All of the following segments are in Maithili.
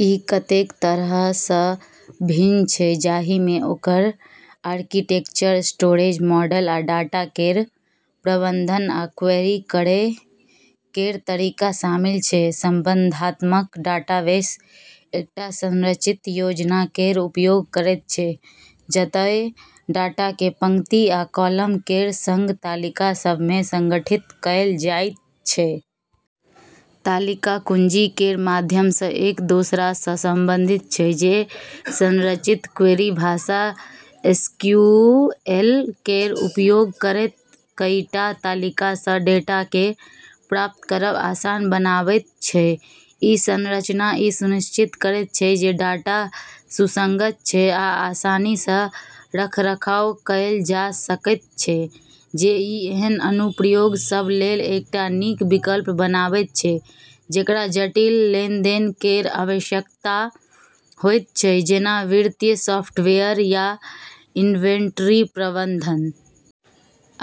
ई कतेक तरहसँ भिन्न छै जाहिमे ओकर आर्किटेक्चर स्टोरेज मॉडल आ डाटा केर प्रबंधन आ क्वेरी करै केर तरीका शामिल छै। संबंधात्मक डाटाबेस एकटा संरचित योजना केर उपयोग करैत छै जतए डाटाकेँ पंक्ति आ कॉलम केर संग तालिका सभमे संगठित कएल जाइत छै। तालिका कुंजी केर माध्यमसँ एक दोसरासँ संबंधित छै जे संरचित क्वेरी भाषा एसक्यूएल केर उपयोग करैत कईटा तालिकासँ डेटाकेँ प्राप्त करब आसान बनाबैत छै। ई संरचना ई सुनिश्चित करैत छै जे डाटा सुसंगत छै आ आसानीसँ रखरखाव कएल जा सकैत छै जे ई एहन अनुप्रयोग सभ लेल एकटा नीक विकल्प बनाबैत छै जेकरा जटिल लेनदेन केर आवश्यकता होइत छै जेना वित्तीय सॉफ्टवेयर या इन्वेंट्री प्रबंधन।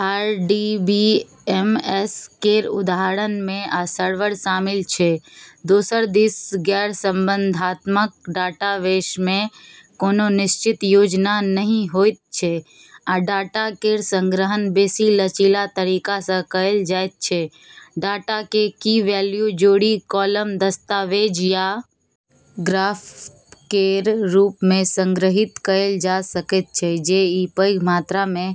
आरडीबीएमएस केर उदाहरणमे आ सर्वर शामिल छै। दोसर दिस गैरसंबंधात्मक डाटाबेसमे कोनो निश्चित योजना नहि होइत छै आ डाटा केर संग्रहण बेसी लचीला तरीकासँ कएल जाइत छै। डाटाकेँ कीवैल्यू जोड़ी कॉलम दस्तावेज या ग्राफ केर रूपमे संग्रहीत कएल जा सकैत छै जे ई पैघ मात्रामे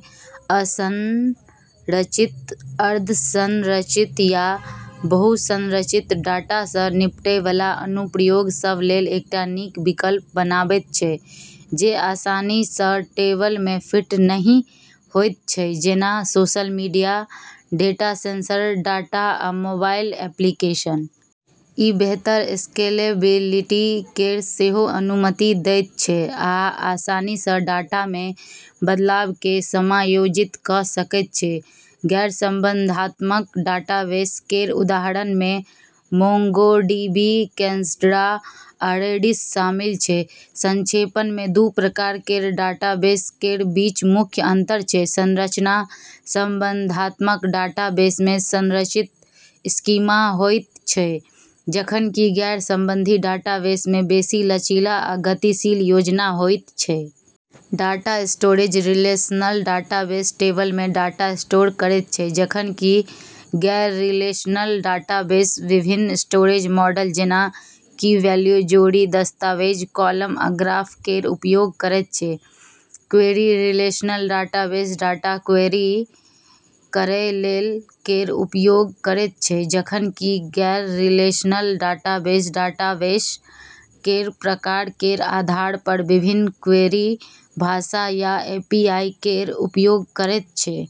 असंरचित अर्धसंरचित या बहुसंरचित डाटासँ निपटैवाला अनुप्रयोग सभ लेल एकटा नीक विकल्प बनाबैत छै जे आसानीसँ टेबलमे फिट नहि होइत छै जेना social media data sensor data आ मोबाइल एप्लीकेशन। ई बेहतर स्केलेबिलिटी केर सेहो अनुमति दैत छै आ आसानीसँ डाटामे बदलावकेँ समायोजित कऽ सकैत छै। गैरसंबंधात्मक डाटाबेस केर उदाहरणमे मोंगोडीबी कैसंड्रा आ रेडिस शामिल छै। संक्षेपमे दू प्रकार केर डाटाबेस केर बीच मुख्य अंतर छै संरचना संबंधात्मक डाटाबेसमे संरचित स्कीमा होइत छै जखन कि गैरसंबंधी डाटाबेसमे बेसी लचीला आ गतिशील योजना होइत छै। डाटा स्टोरेज रिलेशनल डाटाबेस टेबलमे डाटा स्टोर करैत छै जखन कि गैररिलेशनल डाटाबेस विभिन्न स्टोरेज मॉडल जेना कीवैल्यू जोड़ी दस्तावेज कॉलम आ ग्राफ केर उपयोग करैत छै। Query relational database data query करै लेल केर उपयोग करैत छै जखन कि गैररिलेशनल डाटाबेस डाटाबेस केर प्रकार केर आधारपर विभिन्न क्वेरी भाषा या एपीआई केर उपयोग करैत छै।